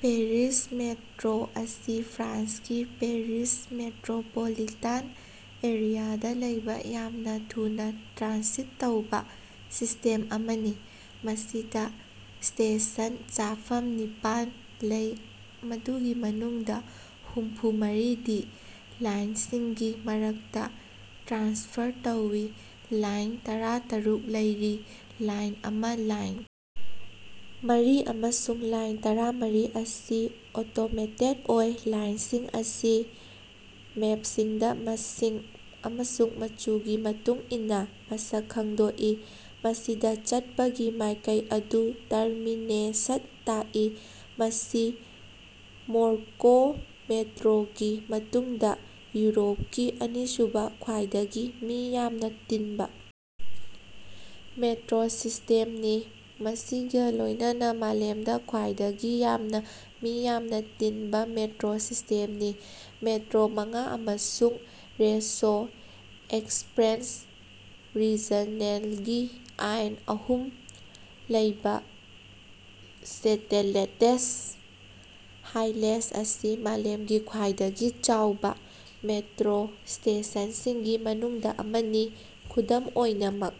Paris metro ꯑꯁꯤ ꯐ꯭ꯔꯥꯟꯁꯀꯤ Paris metropolitan ꯑꯦꯔꯤꯌꯥꯗ ꯂꯩꯕ ꯌꯥꯝꯅ ꯊꯨꯅꯥ ꯇ꯭ꯔꯥꯟꯁꯤꯠ ꯇꯧꯕꯥ ꯁꯤꯁ꯭ꯇꯦꯝ ꯑꯃꯅꯤ꯫ ꯃꯁꯤꯗ ꯁ꯭ꯇꯦꯁꯟ ꯆꯥꯐꯝ ꯅꯤꯄꯥꯟ ꯂꯩ ꯃꯗꯨꯒꯤ ꯃꯅꯨꯡꯗ ꯍꯨꯝꯐꯨ ꯃꯔꯤꯗꯤ ꯂꯥꯏꯟꯁꯤꯡꯒꯤ ꯃꯔꯛꯇꯥ ꯇ꯭ꯔꯥꯟꯁꯐꯔ ꯇꯧꯏ꯫ ꯂꯥꯏꯟ ꯇꯔꯥꯇꯔꯨꯛ ꯂꯩꯔꯤ꯫ ꯂꯥꯏꯟ ꯑꯃ ꯂꯥꯏꯟ ꯃꯔꯤ ꯑꯃꯁꯨꯡ ꯂꯥꯏꯟ ꯇꯔꯥꯃꯔꯤ ꯑꯁꯤ ꯑꯣꯇꯣꯃꯦꯇꯦꯗ ꯑꯣꯏ꯫ ꯂꯥꯏꯟꯁꯤꯡ ꯑꯁꯤ ꯃꯦꯞꯁꯤꯡꯗ ꯃꯁꯤꯡ ꯑꯃꯁꯨꯡ ꯃꯆꯨꯒꯤ ꯃꯇꯨꯡ ꯏꯟꯅ ꯃꯁꯛ ꯈꯪꯗꯣꯛꯏ ꯃꯁꯤꯗ ꯆꯠꯄꯒꯤ ꯃꯥꯏꯀꯩ ꯑꯗꯨ ꯇꯔꯃꯤꯅꯦꯁꯠ ꯇꯥꯛꯏ꯫ ꯃꯁꯤ ꯃꯣꯁꯀꯣ ꯃꯦꯇ꯭ꯔꯣꯒꯤ ꯃꯇꯨꯡꯗ ꯌꯨꯔꯣꯞꯀꯤ ꯑꯅꯤꯁꯨꯕ ꯈ꯭ꯋꯥꯏꯗꯒꯤ ꯃꯤ ꯌꯥꯝꯅ ꯇꯤꯟꯕ ꯃꯦꯇ꯭ꯔꯣ ꯁꯤꯁ꯭ꯇꯦꯝꯅꯤ ꯃꯁꯤꯒꯥ ꯂꯣꯏꯅꯅ ꯃꯥꯂꯦꯝꯗ ꯈ꯭ꯋꯥꯏꯗꯒꯤ ꯌꯥꯝꯅ ꯃꯤ ꯌꯥꯝꯅ ꯇꯤꯟꯕ ꯃꯦꯇ꯭ꯔꯣ ꯁꯤꯁ꯭ꯇꯦꯝꯅꯤ꯫ ꯃꯦꯇ꯭ꯔꯣ ꯃꯉꯥ ꯑꯃꯁꯨꯡ ꯔꯦꯁꯣ ꯑꯦꯛꯁꯄ꯭ꯔꯦꯁ ꯔꯤꯖꯟꯅꯦꯜꯒꯤ ꯂꯥꯏꯟ ꯑꯍꯨꯝ ꯂꯩꯕꯥ ꯆꯦꯇꯦꯂꯦꯠꯂꯦꯁ ꯍꯥꯂꯦꯁ ꯑꯁꯤ ꯃꯥꯂꯦꯝꯒꯤ ꯈ꯭ꯋꯥꯏꯗꯒꯤ ꯆꯥꯎꯕ ꯃꯦꯇ꯭ꯔꯣ ꯁ꯭ꯇꯦꯁꯟꯁꯤꯡꯒꯤ ꯃꯅꯨꯡꯗ ꯑꯃꯅꯤ꯫ ꯑꯗꯨꯝ ꯑꯣꯏꯅꯃꯛ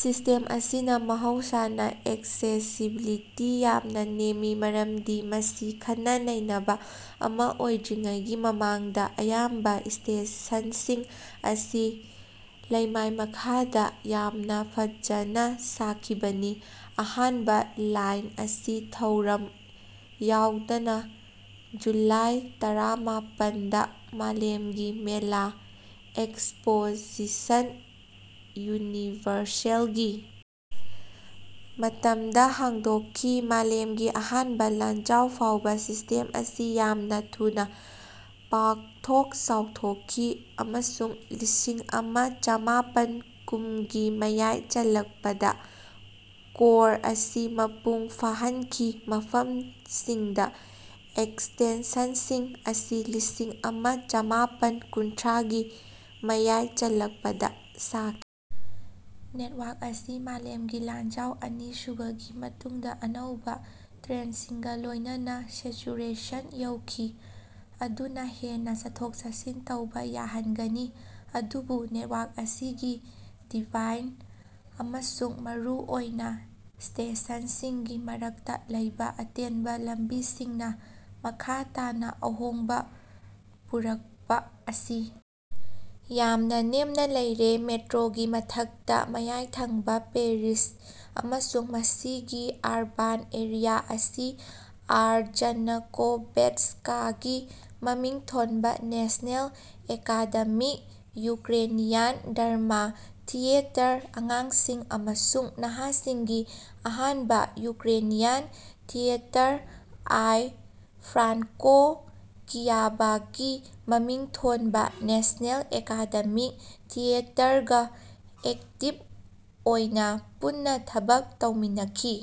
ꯁꯤꯁ꯭ꯇꯦꯝ ꯑꯁꯤꯅ ꯃꯍꯧꯁꯥꯅ ꯑꯦꯛꯁꯦꯁꯤꯕꯤꯂꯤꯇꯤ ꯌꯥꯝꯅ ꯅꯦꯝꯃꯤ ꯃꯔꯝꯗꯤ ꯃꯁꯤ ꯈꯟꯅ ꯅꯩꯅꯕ ꯑꯃꯥ ꯑꯣꯏꯗ꯭ꯔꯤꯉꯩꯒꯤ ꯃꯃꯥꯡꯗ ꯑꯌꯥꯝꯕ ꯁ꯭ꯇꯦꯁꯟꯁꯤꯡ ꯑꯁꯤ ꯂꯩꯃꯥꯏ ꯃꯈꯥꯗ ꯌꯥꯝꯅ ꯐꯖꯅ ꯁꯥꯈꯤꯕꯅꯤ꯫ ꯑꯍꯥꯟꯕ ꯂꯥꯏꯟ ꯑꯁꯤ ꯊꯧꯔꯝ ꯌꯥꯎꯗꯅ ꯖꯨꯂꯥꯏ ꯇꯔꯥꯃꯥꯄꯟ ꯗ ꯃꯥꯂꯦꯝꯒꯤ ꯃꯦꯂꯥ ꯑꯦꯛꯁꯄꯣꯖꯤꯁꯟ ꯌꯨꯅꯤꯚꯔꯁꯦꯜꯒꯤ ꯃꯇꯝꯗ ꯍꯥꯡꯗꯣꯛꯈꯤ꯫ ꯃꯥꯂꯦꯝꯒꯤ ꯑꯍꯥꯟꯕ ꯂꯥꯟꯖꯥꯎ ꯐꯥꯎꯕ ꯁꯤꯁ꯭ꯇꯦꯝ ꯑꯁꯤ ꯌꯥꯝꯅ ꯊꯨꯅꯥ ꯄꯥꯛꯊꯣꯛ ꯆꯥꯎꯊꯣꯛꯈꯤ ꯑꯃꯁꯨꯡ ꯂꯤꯁꯤꯡ ꯑꯃ ꯆꯃꯥꯄꯟ ꯀꯨꯟꯒꯤ ꯃꯌꯥꯏ ꯆꯜꯂꯛꯄꯗ ꯀꯣꯔ ꯑꯁꯤ ꯃꯄꯨꯡ ꯐꯥꯍꯟꯈꯤ ꯃꯐꯝꯁꯤꯡꯗ ꯑꯦꯛꯁꯇꯦꯟꯁꯟꯁꯤꯡ ꯑꯁꯤ ꯂꯤꯁꯤꯡ ꯑꯃ ꯆꯃꯥꯄꯟ ꯀꯨꯟꯊ꯭ꯔꯥꯒꯤ ꯃꯌꯥꯏ ꯆꯜꯂꯛꯄꯗ ꯁꯥꯈꯤ꯫ ꯅꯦꯠꯋꯥꯔꯛ ꯑꯁꯤ ꯃꯥꯂꯦꯝꯒꯤ ꯂꯥꯟꯖꯥꯎ ꯑꯅꯤꯁꯨꯕꯒꯤ ꯃꯇꯨꯡꯗ ꯑꯅꯧꯕ ꯇ꯭ꯔꯦꯟꯁꯤꯡꯒꯥ ꯂꯣꯏꯅꯅ ꯁꯦꯆꯨꯔꯦꯁꯟ ꯌꯧꯈꯤ ꯃꯗꯨꯅ ꯍꯦꯟꯅ ꯆꯠꯊꯣꯛ ꯆꯠꯁꯤꯟ ꯇꯧꯕꯥ ꯌꯥꯍꯟꯒꯅꯤ ꯑꯗꯨꯕꯨ ꯅꯦꯠꯋꯥꯔꯛ ꯑꯁꯤꯒꯤ ꯗꯤꯖꯥꯏꯟ ꯑꯃꯁꯨꯡ ꯃꯔꯨꯑꯣꯏꯅ ꯁ꯭ꯇꯦꯁꯟꯁꯤꯡꯒꯤ ꯃꯔꯛꯇꯥ ꯂꯩꯕꯥ ꯑꯇꯦꯟꯕ ꯂꯝꯕꯤꯁꯤꯡꯅ ꯃꯈꯥ ꯇꯥꯅ ꯑꯍꯣꯡꯕ ꯄꯨꯔꯛꯄꯥ ꯑꯁꯤ ꯌꯥꯝꯅ ꯅꯦꯝꯅ ꯂꯩꯔꯦ꯫ ꯃꯦꯇ꯭ꯔꯣꯒꯤ ꯃꯊꯛꯇꯥ ꯃꯌꯥꯏꯊꯪꯕ ꯄꯦꯔꯤꯁ ꯑꯃꯁꯨꯡ ꯃꯁꯤꯒꯤ ꯑꯔꯕꯥꯟ ꯑꯦꯔꯤꯌꯥ ꯑꯁꯤ ꯑꯥꯔ ꯖꯥꯅꯀꯣꯚꯦꯠꯁ꯭ꯀꯥꯒꯤ ꯃꯃꯤꯡ ꯊꯣꯟꯕꯥ national academic Ukrainian drama theatre ꯑꯉꯥꯡꯁꯤꯡ ꯑꯃꯁꯨꯡ ꯅꯍꯥꯁꯤꯡꯒꯤ ꯑꯍꯥꯟꯕꯥ ꯌꯨꯀ꯭ꯔꯦꯅꯤꯌꯥꯟ ꯊꯤꯌꯦꯇꯔ ꯑꯥꯏ ꯐ꯭ꯔꯥꯡꯀꯣ ꯀꯤꯌꯕꯒꯤ ꯃꯃꯤꯡ ꯊꯣꯟꯕꯥ ꯅꯦꯁ꯭ꯅꯦꯜ ꯑꯦꯀꯥꯗꯦꯃꯤꯛ ꯊꯤꯌꯦꯇꯔꯒꯥ ꯑꯦꯛꯇꯤꯕ ꯑꯣꯏꯅꯥ ꯄꯨꯟꯅꯥ ꯊꯕꯛ ꯇꯧꯃꯤꯟꯅꯈꯤ꯫